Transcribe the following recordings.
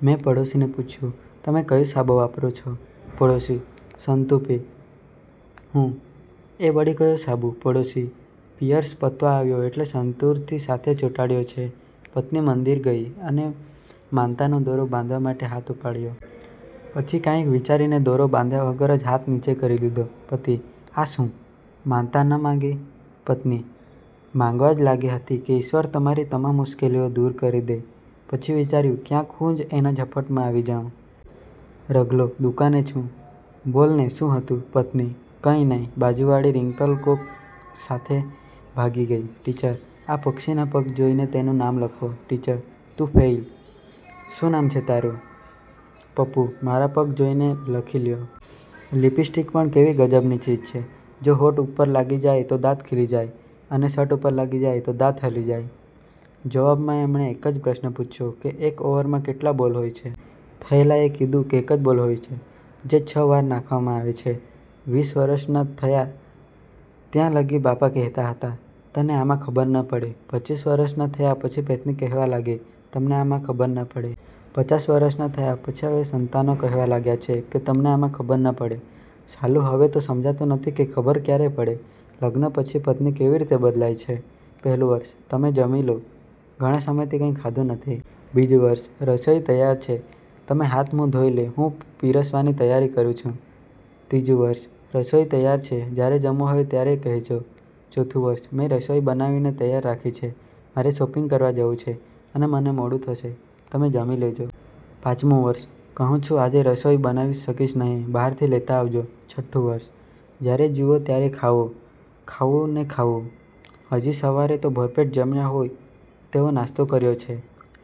મેં પડોશીને પુછયુ: તમે કયો સાબુ વાપરો છો? પડોશી: સંતુપી. હું: એ વળી ક્યો સાબુ? પડોશી: પીઅર્સ પતવા આવ્યો એટલે સંતુરની સાથે ચોંટાડયો છે. પત્ની મંદિર ગઈ અને માનતાનો દોરો બાંધવા માટે હાથ ઉપાડ્યો. પછી કાંઈક વિચારીને દોરો બાંધ્યા વગર જ હાથ નીચે કરી લીધો. પતિ: આ શું? માનતા ન માગી? પત્ની: માગવા જ લાગી હતી કે ઈશ્વર તમારી તમામ મુશ્કેલી દુર કરી દે. પછી વિચાર્યું ક્યાંક હું જ ના ઝપટમાં આવી જાઉ. રઘલો: દુકાને છું… બોલ ને, સું હતું? પત્ની: કઈ નઈ… બાજુ વાળી રિંકલ કોક સાથે ભાગી ગઈ. ટીચર: આ પક્ષીના પગ જોઈને તેનું નામ લખો. ટીચર: તું ફેઇલ. શું નામ છે તારું? પપ્પુ: મારા પગ જોઈને લખી લ્યો. લિપસ્ટિક પણ કેવી ગજબની ચીજ છે. જો હોઠ ઉપર લાગી જાય તો દાંત ખીલી જાય છે.. અને શર્ટ ઉપર લાગી જાય તો દાંત હલી જાય. જવાબ માં એમણે એક જ પ્રશ્ન પૂછ્યો કે, એક ઓવરમાં કેટલા બોલ હોય છે? થયેલા એ કીધું કે એક જ બોલ હોય છે, જે છ વાર નાખવામાં આવે છે. વીસ વરસના થયા ત્યાં લગી બાપા કહેતા હતા, તને આમાં ખબર ન પડે. પચીસ વરસના થયા પછી પત્ની કહેવા લાગ્યા, તમને આમાં ખબર ન પડે. પચાસ વરસના થયા પછી હવે સંતાનો કહેવા લાગ્યા છે કે તમને આમાં ખબર ન પડે. સાલું, હવે તો સમજાતું નથી કે ખબર ક્યારે પડે? લગ્ન પછી પત્ની કેવી રીતે બદલાય છે:- પહેલું વર્ષ: તમે જમી લો, ઘણા સમયથી કંઈ ખાધું નથી. બીજું વર્ષ: રસોઈ તૈયાર છે, તમે હાથ-મોં ધોઇલો હું પીરસવાની તૈયારી કરું છું. ત્રીજું વર્ષ: રસોઈ તૈયાર છે, જ્યારે જમવું હોય ત્યારે કહેજો. ચોથું વર્ષ: મેં રસોઈ બનાવીને તૈયાર રાખી છે. મારે શોપિંગ કરવા જવું છે અને મને મોડું થશે, તમે જમી લેજો. પાંચમું વર્ષ: કહું છું આજે રસોઈ બનાવી શકીશ નહીં, બહારથી લેતા આવજો. છઠ્ઠું વર્ષ: જ્યારે જુઓ ત્યારે ખાવું, ખાવું અને ખાવું. હજી સવારે તો ભરપેટ જમ્યા હોય તેવો નાસ્તો કર્યો છે…!!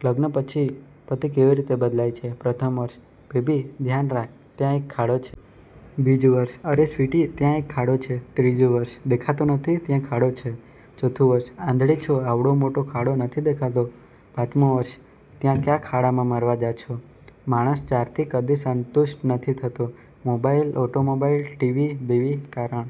લગ્ન પછી પતિ કેવી રીતે બદલાય છે:- પ્રથમ વર્ષ: બેબી, ધ્યાન રાખ, ત્યાં એક ખાડો છે. બીજું વર્ષ: અરે સ્વીટી, ત્યાં એક ખાડો છે. ત્રીજું વર્ષ: દેખાતું નથી, ત્યાં ખાડો છે. ચોથું વર્ષ: આંધળી છો? આવડો મોટો ખાડો નથી દેખાતો. પાંચમું વર્ષ: ત્યાં ક્યાં ખાડામાં મરવા જા છો…!! માણસ ચારથી કદી સંતુષ્ટ નથી થતો: મોબાઈલ, ઓટોમોબાઈલ, ટી. વી., બીવી. કારણ?